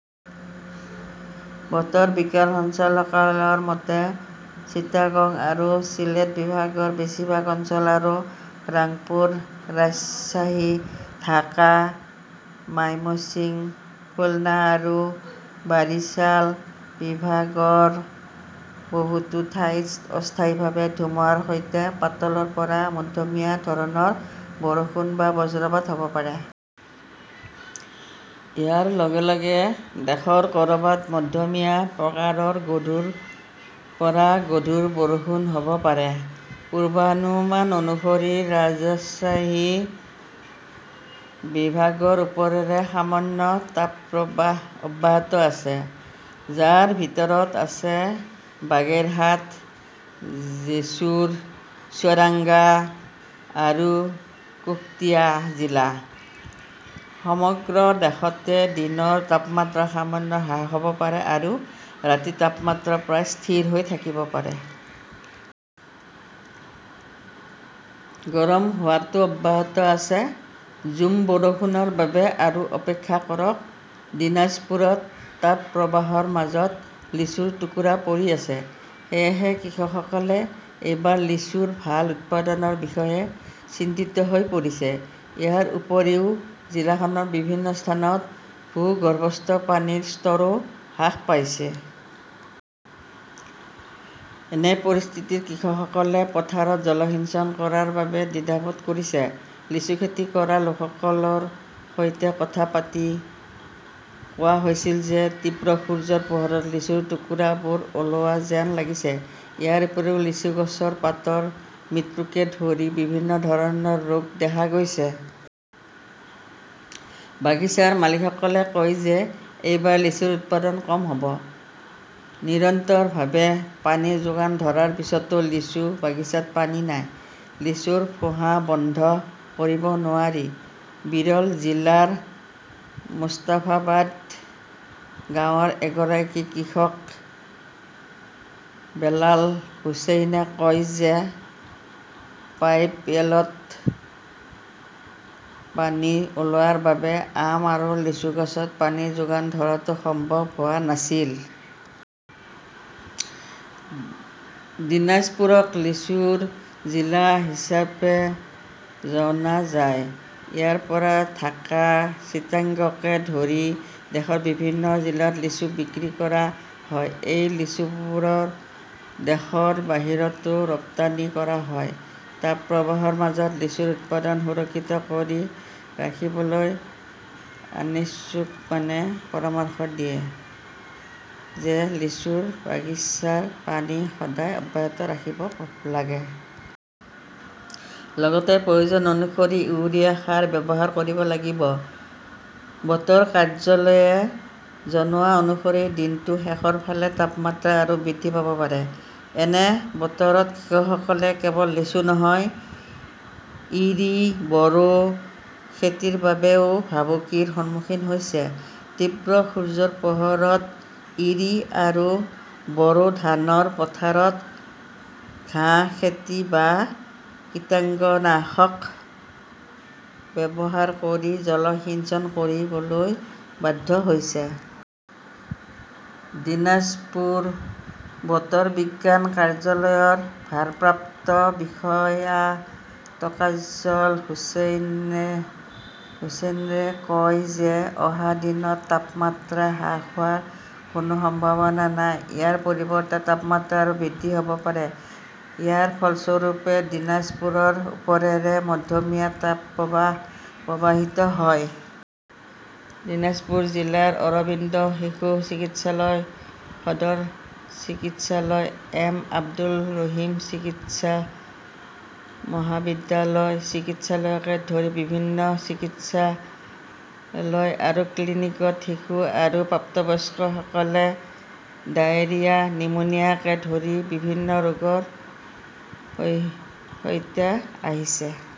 বতৰ বিজ্ঞান সঞ্চালকালয়ৰ মতে, চিটাগং আৰু চিলেট বিভাগৰ বেছিভাগ অঞ্চল আৰু ৰাংপুৰ, ৰাজশ্বাহী, ঢাকা, মাইমশ্বিং, খুলনা আৰু বাৰিছাল বিভাগৰ বহুতো ঠাইত অস্থায়ীভাৱে ধুমুহাৰ সৈতে পাতলৰ পৰা মধ্যমীয়া ধৰণৰ বৰষুণ বা বজ্ৰপাত হ 'ব পাৰে। ইয়াৰ লগে লগে দেশৰ ক'ৰবাত মধ্যমীয়া প্ৰকাৰৰ গধুৰ পৰা গধুৰ বৰষুণ হ'ব পাৰে। পূৰ্বানুমান অনুসৰি, ৰাজশ্বাহী বিভাগৰ ওপৰেৰে সামান্য তাপপ্ৰবাহ অব্যাহত আছে, যাৰ ভিতৰত আছে বাগেৰহাট, জেছুৰ, চুৱাদাঙ্গা আৰু কুশটিয়া জিলা। সমগ্ৰ দেশতে দিনৰ তাপমাত্ৰা সামান্য হ্ৰাস হ'ব পাৰে আৰু ৰাতিৰ তাপমাত্ৰা প্ৰায় স্থিৰ হৈ থাকিব পাৰে। গৰম হোৱাটো অব্যাহত আছে, ঝুম বৰষুণৰ বাবে আৰু অপেক্ষা কৰক দীনাজপুৰত তাপপ্ৰবাহৰ মাজত লিচুৰ টুকুৰা পৰি আছে। সেয়েহে কৃষকসকলে এইবাৰ লিচুৰ ভাল উৎপাদনৰ বিষয়ে চিন্তিত হৈ পৰিছে। ইয়াৰ উপৰিও জিলাখনৰ বিভিন্ন স্থানত ভূগৰ্ভস্থ পানীৰ স্তৰো হ্ৰাস পাইছে। এনে পৰিস্থিতিত কৃষকসকলে পথাৰত জলসিঞ্চন কৰাৰ বাবে দ্বিধাবোধ কৰিছে। লিচু খেতি কৰা লোকসকলৰ সৈতে কথা পাতি কোৱা হৈছিল যে তীব্ৰ সূৰ্যৰ পোহৰত লিচুৰ টুকুৰাবোৰ ওলোৱা যেন লাগিছে। ইয়াৰ উপৰিও, লিচু গছৰ পাতৰ মৃত্যুকে ধৰি বিভিন্ন ধৰণৰ ৰোগ দেখা গৈছে। বাগিছাৰ মালিকসকলে কয় যে এইবাৰ লিচুৰ উৎপাদন কম হ'ব। নিৰন্তৰভাৱে পানী যোগান ধৰাৰ পিছতো লিচু বাগিচাত পানী নাই। লিচুৰ ফোঁহা বন্ধ কৰিব নোৱাৰি। বিৰল জিলাৰ মোষ্টাফাবাদ গাঁৱৰ এগৰাকী কৃষক বেলাল হুচেইনে কয় যে পাইপৱেলত পানী ওলোৱাৰ বাবে আম আৰু লিচু গছত পানী যোগান ধৰাটো সম্ভৱ হোৱা নাছিল। দিনাজপুৰক লিচুৰ জিলা হিচাপে জনা যায়। ইয়াৰ পৰা ঢাকা-চিটাগংকে ধৰি দেশৰ বিভিন্ন জিলাত লিচু বিক্ৰী কৰা হয়। এই লিচুবোৰ দেশৰ বাহিৰতো ৰপ্তানি কৰা হয়। তাপপ্ৰবাহৰ মাজত লিচুৰ উৎপাদন সুৰক্ষিত কৰি ৰাখিবলৈ আনিছুজ্জমানে পৰামৰ্শ দিয়ে যে, লিচুৰ বাগিচাৰ পানী সদায় অব্যাহত ৰাখিব লাগে। লগতে প্ৰয়োজন অনুসৰি ইউৰিয়া সাৰ ব্যৱহাৰ কৰিব লাগিব। বতৰ কাৰ্যালয়ে জনোৱা অনুসৰি দিনটোৰ শেষৰ ফালে তাপমাত্ৰা আৰু বৃদ্ধি পাব পাৰে। এনে বতৰত কৃষকসকলে কেৱল লিচু নহয়, ইৰি-বৰো খেতিৰ বাবেও ভাবুকিৰ সন্মুখীন হৈছে। তীব্ৰ সূৰ্যৰ পোহৰত ইৰি আৰু বৰো ধানৰ পথাৰত ঘাঁহ খেতি বা কীটনাশক ব্যৱহাৰ কৰি জলসিঞ্চন কৰিবলৈ বাধ্য হৈছে। দিনাজপুৰ বতৰ বিজ্ঞান কাৰ্যালয়ৰ ভাৰপ্ৰাপ্ত বিষয়া টফাজ্জল হুচেইনে কয় যে, অহা দিনত তাপমাত্ৰা হ্ৰাস হোৱাৰ কোনো সম্ভাৱনা নাই, ইয়াৰ পৰিৱৰ্তে তাপমাত্ৰা আৰু বৃদ্ধি হ'ব পাৰে। ইয়াৰ ফলস্বৰূপে, দীনাজপুৰৰ ওপৰেৰে মধ্যমীয়া তাপপ্ৰবাহ প্ৰৱাহিত হয়। দিনাজপুৰ জিলাৰ অৰবিন্দ শিশু চিকিৎসালয়, সদৰ চিকিৎসালয়, এম. আব্দুৰ ৰহিম চিকিৎসা মহাবিদ্যালয় চিকিৎসালয়কে ধৰি বিভিন্ন চিকিৎসালয় আৰু ক্লিনিকত শিশু আৰু প্ৰাপ্তবয়স্কসকলে ডায়েৰিয়া, নিউমোনিয়াকে ধৰি বিভিন্ন ৰোগৰ সৈতে আহিছে।